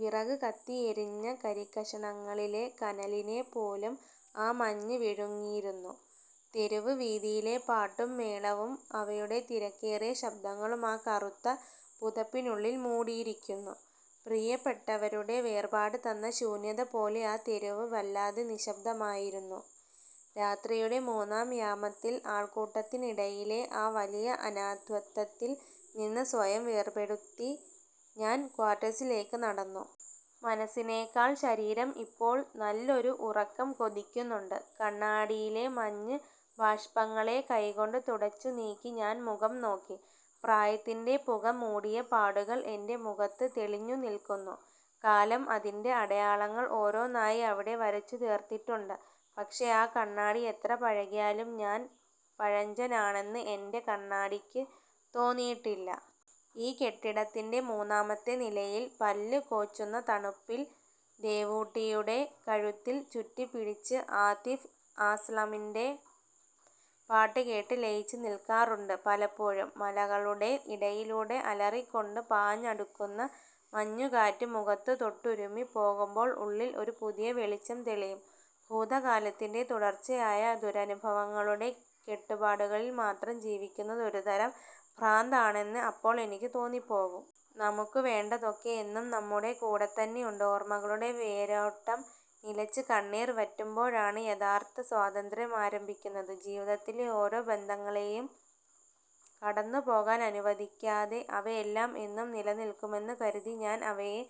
വിറക് കത്തിയെരിഞ്ഞ കരിക്കഷണങ്ങളിലെ കനലിനെപ്പോലും ആ മഞ്ഞ് വിഴുങ്ങിയിരുന്നു. തെരുവ് വീഥിയിലെ പാട്ടും മേളവും, അവയുടെ തിരക്കേറിയ ശബ്ദങ്ങളും ആ കറുത്ത പുതപ്പിനുള്ളിൽ മൂടിയിരിക്കുന്നു. പ്രിയപ്പെട്ടവരുടെ വേർപാട് തന്ന ശൂന്യത പോലെ ആ തെരുവ് വല്ലാതെ നിശബ്ദമായിരുന്നു. രാത്രിയുടെ മൂന്നാം യാമത്തിൽ, ആൾക്കൂട്ടത്തിനിടയിലെ ആ വലിയ അനാഥത്വത്തിൽ നിന്ന് സ്വയം വേർപെടുത്തി ഞാൻ ക്വാർട്ടേഴ്സിലേക്ക് നടന്നു. മനസ്സിനേക്കാൾ ശരീരം ഇപ്പോൾ നല്ലൊരു ഉറക്കം കൊതിക്കുന്നുണ്ട്. കണ്ണാടിയിലെ മഞ്ഞ് ബാഷ്പങ്ങളെ കൈകൊണ്ട് തുടച്ചുനീക്കി ഞാൻ മുഖം നോക്കി. പ്രായത്തിന്റെ പുക മൂടിയ പാടുകൾ എൻറെ മുഖത്ത് തെളിഞ്ഞു നിൽക്കുന്നു. കാലം അതിൻ്റെ അടയാളങ്ങൾ ഓരോന്നായി അവിടെ വരച്ചു ചേർത്തിട്ടുണ്ട്. പക്ഷേ, ആ കണ്ണാടി എത്ര പഴകിയാലും ഞാൻ പഴഞ്ചനാണെന്ന് എൻറെ കണ്ണാടിക്ക് തോന്നിയിട്ടില്ല. ഈ കെട്ടിടത്തിന്റെ മൂന്നാമത്തെ നിലയിൽ, പല്ല് കോച്ചുന്ന തണുപ്പിൽ ദേവൂട്ടിയുടെ കഴുത്തിൽ ചുറ്റിപ്പിടിച്ച് ആതിഫ് അസ്ലാമിന്റെ പാട്ട് കേട്ട് ലയിച്ച് നിൽക്കാറുണ്ട് പലപ്പോഴും. മലകളുടെ ഇടയിലൂടെ അലറിക്കൊണ്ട് പാഞ്ഞടുക്കുന്ന മഞ്ഞുകാറ്റ് മുഖത്ത് തൊട്ടുരുമ്മി പോകുമ്പോൾ ഉള്ളിൽ ഒരു പുതിയ വെളിച്ചം തെളിയും. ഭൂതകാലത്തിന്റെ തുടർച്ചയായ ദുരനുഭവങ്ങളുടെ കെട്ടുപാടുകളിൽ മാത്രം ജീവിക്കുന്നത് ഒരു തരം ഭ്രാന്താണെന്ന് അപ്പോൾ എനിക്ക് തോന്നിപ്പോവും. നമുക്ക് വേണ്ടതൊക്കെ എന്നും നമ്മുടെ കൂടെത്തന്നെയുണ്ട്. ഓർമ്മകളുടെ വേരോട്ടം നിലച്ച്, കണ്ണീർ വറ്റുമ്പോഴാണ് യഥാർത്ഥ സ്വാതന്ത്ര്യം ആരംഭിക്കുന്നത്. ജീവിതത്തിലെ ഓരോ ബന്ധങ്ങളെയും കടന്നുപോകാൻ അനുവദിക്കാതെ, അവയെല്ലാം എന്നും നിലനിൽക്കുമെന്ന് കരുതി ഞാൻ അവയെ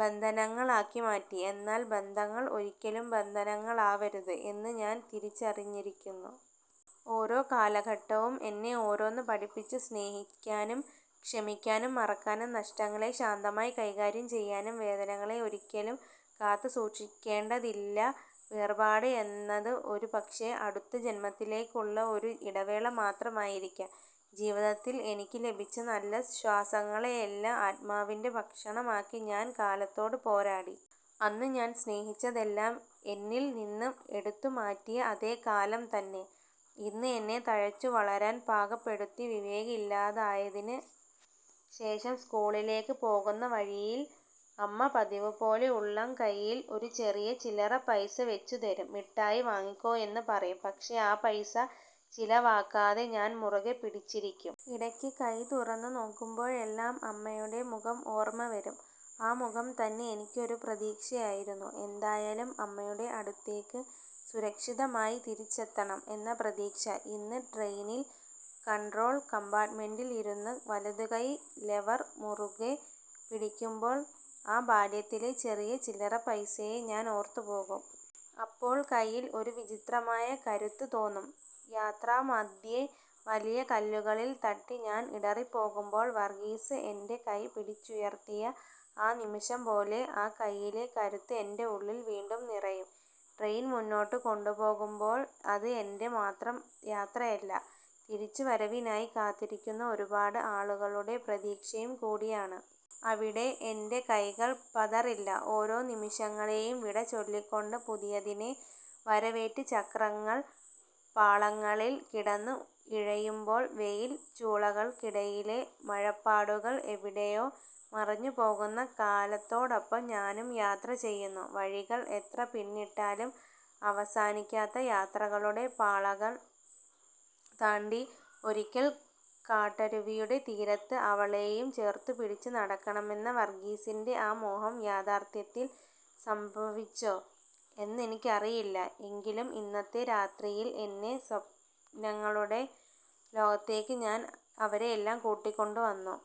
ബന്ധനങ്ങളാക്കി മാറ്റി. എന്നാൽ ബന്ധങ്ങൾ ഒരിക്കലും ബന്ധനങ്ങളാവരുത് എന്ന് ഞാൻ തിരിച്ചറിഞ്ഞിരിക്കുന്നു. ഓരോ കാലഘട്ടവും എന്നെ ഓരോന്ന് പഠിപ്പിച്ചു, സ്നേഹിക്കാനും, ക്ഷമിക്കാനും, മറക്കാനും, നഷ്ടങ്ങളെ ശാന്തമായി കൈകാര്യം ചെയ്യാനും. വേദനകളെ ഒരിക്കലും കാത്തുസൂക്ഷിക്കേണ്ടതില്ല. വേർപാട് എന്നത് ഒരുപക്ഷേ അടുത്ത ജന്മത്തിലേക്കുള്ള ഒരു ഇടവേള മാത്രമായിരിക്കാം. ജീവിതത്തിൽ എനിക്ക് ലഭിച്ച നല്ല ശ്വാസങ്ങളെയെല്ലാം ആത്മാവിന്റെ ഭക്ഷണമാക്കി ഞാൻ കാലത്തോട് പോരാടി. അന്ന് ഞാൻ സ്നേഹിച്ചതെല്ലാം എന്നിൽ നിന്ന് എടുത്തുമാറ്റിയ അതേ കാലം തന്നെ, ഇന്ന് എന്നെ തഴച്ചുവളരാൻ പാകപ്പെടുത്തി. വിവേക് ഇല്ലാതായതിന് ശേഷം സ്കൂളിലേക്ക് പോകുന്ന വഴിയിൽ അമ്മ പതിവുപോലെ ഉള്ളംകൈയിൽ ഒരു ചെറിയ ചില്ലറപൈസ വെച്ചുതരും. "മിഠായി വാങ്ങിക്കോ," എന്ന് പറയും. പക്ഷേ ആ പൈസ ചിലവാക്കാതെ ഞാൻ മുറുകെ പിടിച്ചിരിക്കും. ഇടയ്ക്ക് കൈ തുറന്ന് നോക്കുമ്പോഴെല്ലാം അമ്മയുടെ മുഖം ഓർമ്മ വരും. ആ മുഖം തന്നെ എനിക്ക് ഒരു പ്രതീക്ഷയായിരുന്നു, എന്തായാലും അമ്മയുടെ അടുത്തേക്ക് സുരക്ഷിതമായി തിരിച്ചെത്തണം എന്ന പ്രതീക്ഷ. ഇന്ന് ട്രെയിനിൽ കൺട്രോൾ കമ്പാർട്ട്മെന്റിലിരുന്ന് വലതുകൈ ലെവർ മുറുകെ പിടിക്കുമ്പോൾ, ആ ബാല്യത്തിലെ ചെറിയ ചില്ലറപൈസയെ ഞാൻ ഓർത്തു പോകും. അപ്പോൾ കയ്യിൽ ഒരു വിചിത്രമായ കരുത്ത് തോന്നും. യാത്രാമദ്ധ്യേ വലിയ കല്ലുകളിൽ തട്ടി ഞാൻ ഇടറിപ്പോകുമ്പോൾ വർഗീസ് എന്റെ കൈ പിടിച്ചുയർത്തിയ ആ നിമിഷം പോലെ, ആ കൈയിലെ കരുത്ത് എന്റെ ഉള്ളിൽ വീണ്ടും നിറയും. ട്രെയിൻ മുന്നോട്ട് കൊണ്ടുപോകുമ്പോൾ അത് എന്റെ മാത്രം യാത്രയല്ല, തിരിച്ചുവരവിനായി കാത്തിരിക്കുന്ന ഒരുപാട് ആളുകളുടെ പ്രതീക്ഷയും കൂടിയാണ്. അവിടെ എന്റെ കൈകൾ പതറില്ല. ഓരോ നിമിഷങ്ങളെയും വിട ചൊല്ലിക്കൊണ്ട് പുതിയതിനെ വരവേറ്റ് ചക്രങ്ങൾ പാളങ്ങളിൽ കിടന്ന് ഇഴയുമ്പോൾ, വെയിൽ ചൂളകൾക്കിടയിലെ മഴപ്പാടുകൾ എവിടെയോ മറഞ്ഞു പോകുന്ന കാലത്തോടൊപ്പം ഞാനും യാത്ര ചെയ്യുന്നു; വഴികൾ എത്ര പിന്നിട്ടാലും അവസാനിക്കാത്ത യാത്രകളുടെ പാളങ്ങൾ താണ്ടി... ഒരിക്കൽ കാട്ടരുവിയുടെ തീരത്ത് അവളെയും ചേർത്തുപിടിച്ച് നടക്കണമെന്ന വർഗീസിന്റെ ആ മോഹം യാഥാർത്ഥ്യത്തിൽ സംഭവിച്ചോ എന്നെനിക്കറിയില്ല. എങ്കിലും, ഇന്നത്തെ രാത്രിയിൽ എന്റെ സ്വപ്നങ്ങളുടെ ലോകത്തേക്ക് ഞാൻ അവരെയെല്ലാം കൂട്ടിക്കൊണ്ടുവന്നു.